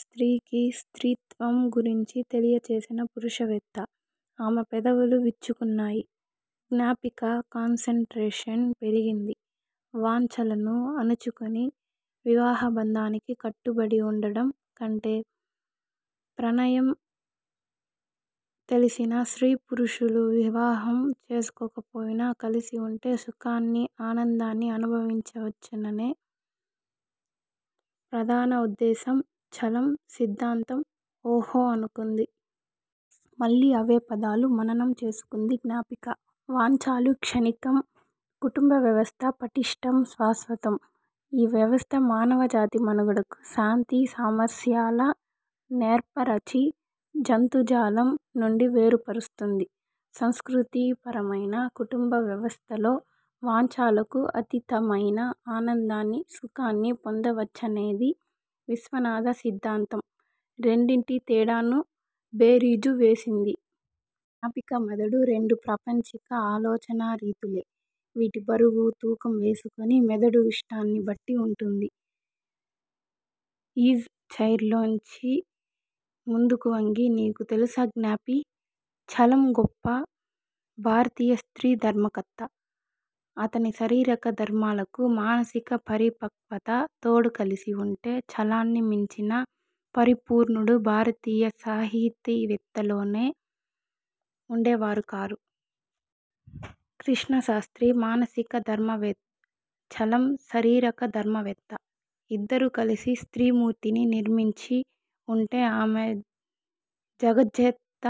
స్త్రీకి స్త్రీత్వం గురించి తెలియచేసిన పురుషవేత్త! ఆమె పెదవులు విచ్చుకున్నాయి. జ్ఞాపిక కాన్ సన్ ట్రేషన్ పెరిగింది. వాంఛలను అణచుకుని వివాహబంధానికి కట్టుబడి ఉండడం కంటే ప్రణయం తెలిసిన స్త్రీపురుషులు వివాహం చేసుకోకపోయినా కలిసిఉంటే సుఖాన్నీ, ఆనందాన్నీ అనుభవించవచ్చుననే ప్రధాన ఉద్దేశం చలం సిద్దాంతం! ఓహొఁ అనుకుంది. మళ్లీ అవే పదాలు మననం చేసుకుంది జ్ఞాపిక. వాంఛాలు క్షణిక! కుటుంబవ్యవస్థ పట్టిష్టం, శాశ్వతం! ఈ వ్యవస్థ మానవజాతి మనుగడకు శాంతి సామస్యాల నేర్పరచి జంతుజాలం నుండి వేరుపరుస్తుంది. సంస్కృథీ పరమైన కుటుంబవ్యవస్థలో వాంఛాలకు అతీతమైన ఆనందాన్నీ, సుఖాన్నీ పొందవచ్చనేది విశ్వనాథ సిద్దాంతం! రెండింటి తేడాను బేరీజు వేసింది. జ్ఞాపిక మెదడు. రెండూ ప్రాపంచిక ఆలోచనారీతులే! వీటి బరువు, తూకం వేసుకుని మెదడు ఇష్టాన్ని బట్టి ఉంటుంది! ఈజ్ చైర్ లోంచి ముందుకువంగి, నీకు తెలుసా జ్ఞాపీ! చలం గొప్ప భారతీయ స్త్రీ ధర్మకర్త! అతని శరీరకధర్మాలకు మానసిక పరిపక్వత తోడు కలిసి ఉంటే చలాన్ని మించిన పరిపూర్ణుడు భారతీయ సాహితీవేత్తలోనే ఉండేవారు కారు! కృష్ణశాస్త్రి మానసిక ధర్మవేత్ చలం శరీరక ధర్మవేత్త! ఇద్దరూ కలిసి స్త్రీమూర్తిని నిర్మించి ఉంటే ఆమె జగజ్జేత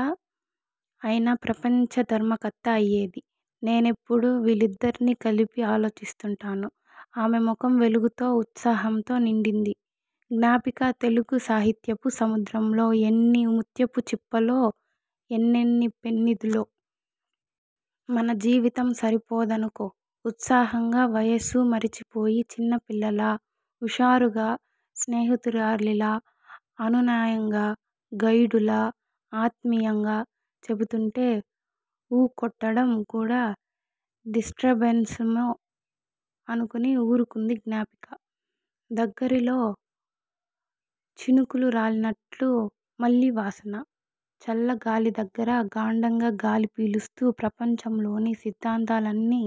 అయినా ప్రపంచ ధర్మకర్త అయ్యేది. నేనెప్పుడూ వీళ్ళిద్దర్నీ కలిపి ఆలోచిస్తుంటాను ఆమె ముఖం వెలుగుతో ఉత్సాహంతో నిండింది. జ్ఞాపికా తెలుగు సాహిత్యపు సముద్రంలో ఎన్ని ముత్యపుచిప్పలో, ఎన్నెన్ని పెన్నిధులో! మన జీవితం సరిపొదనుకో! ఉత్సాహంగా, వయసు మరచిపోయి చిన్నపిల్లలా, ఉషారుగా, స్నేహితురాలిలా అనునాయంగా, గైడులా, ఆత్మీయంగా చెబుతుంటే ఊకొట్టడం కూడా డిస్టర్బెన్సేమో అనుకుని ఊరుకుంది జ్ఞాపిక. దగ్గరలో చినుకులు రాలినట్లు మళ్లీ వాసన, చల్లగాలి దగ్గర! గాంఢంగా గాలి పీలుస్తూ ప్రపంచంలోని సిద్దాంతాలన్నీ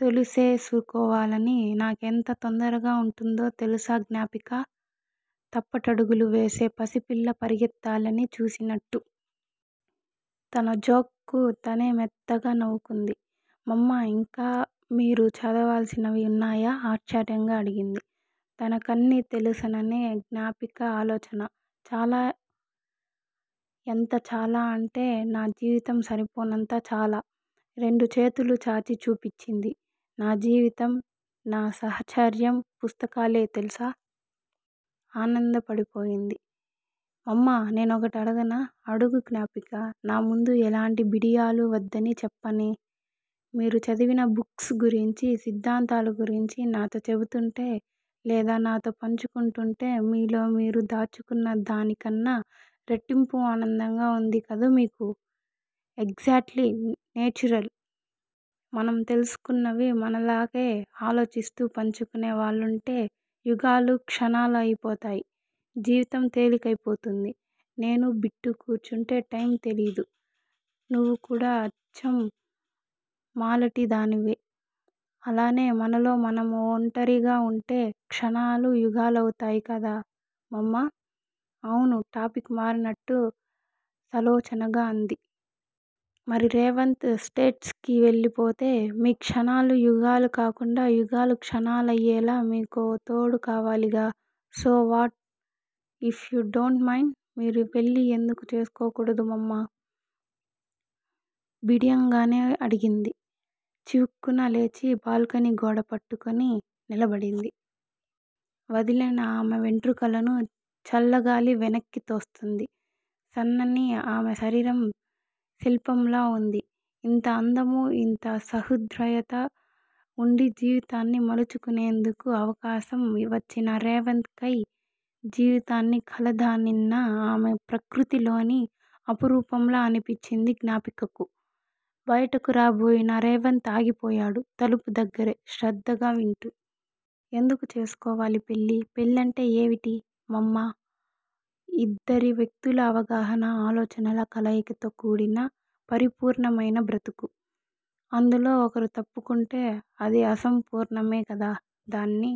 తెలుసేసుకోవాలని నాకెంత తొందరగా ఉంటుందో తెలుసా జ్ఞాపికా- తప్పటడుగులు వేసే పసిపిల్ల పరుగెత్తాలని చూసినట్టు! తన జోక్ కు తనే మెత్తగా నవ్వుకుంది. మమ్మా ఇంకా మీరు చదవాల్సినవి ఉన్నాయా? ఆశ్చర్యంగా అడిగింది. తనకన్నీ తెలుసుననే జ్ఞాపిక ఆలోచన! చాలా! ఎంత చాలా అంటే నా జీవితం సరిపోనంత చాలా! రెండుచేతులూ చాచి చూపించింది. నా జీవితం, నా సాహచర్యం పుస్తకాలే తెలుసా? ఆనందపడిపోయింది. మమ్మా నేనొకటడగనా? అడుగు జ్ఞాపికా! నా ముందు ఎలాంటి బిడియాలూ వద్దని చెప్పనే! మీరు చదివిన బుక్స్ గురించీ, సిద్దాంతాలూ గురించీ నాతో చెబుతుంటే, లేదా నాతో పంచుకుంటూంటే మీలో మీరు దాచుకున్న దానికన్నా రెట్టింపు ఆనందంగా ఉంది కదూ మీకు! ఎగ్జాట్లీ! నేచురల్! మనం తెలుసుకున్నవి మనలాగే ఆలోచిస్తూ పంచుకునే వాళ్ళుంటే యుగాలు క్షణాలయిపోతాయ్. జీవితం తేలికయిపోతుంది. నేనూ, బిట్టూ కూర్చుంటే టైమ్ తెలీదు. నువ్వు కూడా అచ్చం మాలాటిదానివే! అలానే మనలో మనము ఒంటరిగా ఉంటే- క్షణాలు యుగాలవుతాయి కదా మమ్మా! అవును టాపిక్ మారినట్టు సలోచనగా అంది. మరి- రేవంత్ స్టేట్స్ కి వెళ్లిపోతే మీ క్షణాలు యుగాలు కాకుండా, యుగాలు క్షణాలయ్యేలా మీకో తోడు కావాలిగా! So what? If you don't mind మీరు పెళ్ళి ఎందుకు చేసుకోకూడదు మమ్మా! బిడియంగానే అడిగింది. చివుక్కున లేచి బాల్కనీ గోడ పట్టుకుని నిలబడింది. వదిలిన ఆమె వెంట్రుకలను చల్లగాలి వెనక్కితోస్తుంది. సన్నని ఆమె శరీరం శిల్పంలా ఉంది. ఇంత అందమూ, ఇంత సహృద్రయతా వుండీ జీవితాన్ని మలచుకునేందుకు అవకాశం వచ్చినా రేవంత్ కై జీవితాన్ని కాలాదన్నిన ఆమె- ప్రకృతి లోని అపురూపంలా అనిపించింది జ్ఞాపికకు. బయటకు రాబోయిన రేవంత్ ఆగిపోయాడు తలుపు దగ్గరే- శ్రద్దగా వింటూ! ఎందుకు చేసుకోవాలి పెళ్ళి? పెళ్ళంటే ఏవిటి మమ్మా? ఇద్దరి వ్యక్తుల అవగాహన, ఆలోచనల కలయికతో కూడిన పరిపూర్ణమయిన బ్రతుకు! అందులో ఒకరు తప్పుకుంటే అది అసంపూర్ణమే కదా! దాన్ని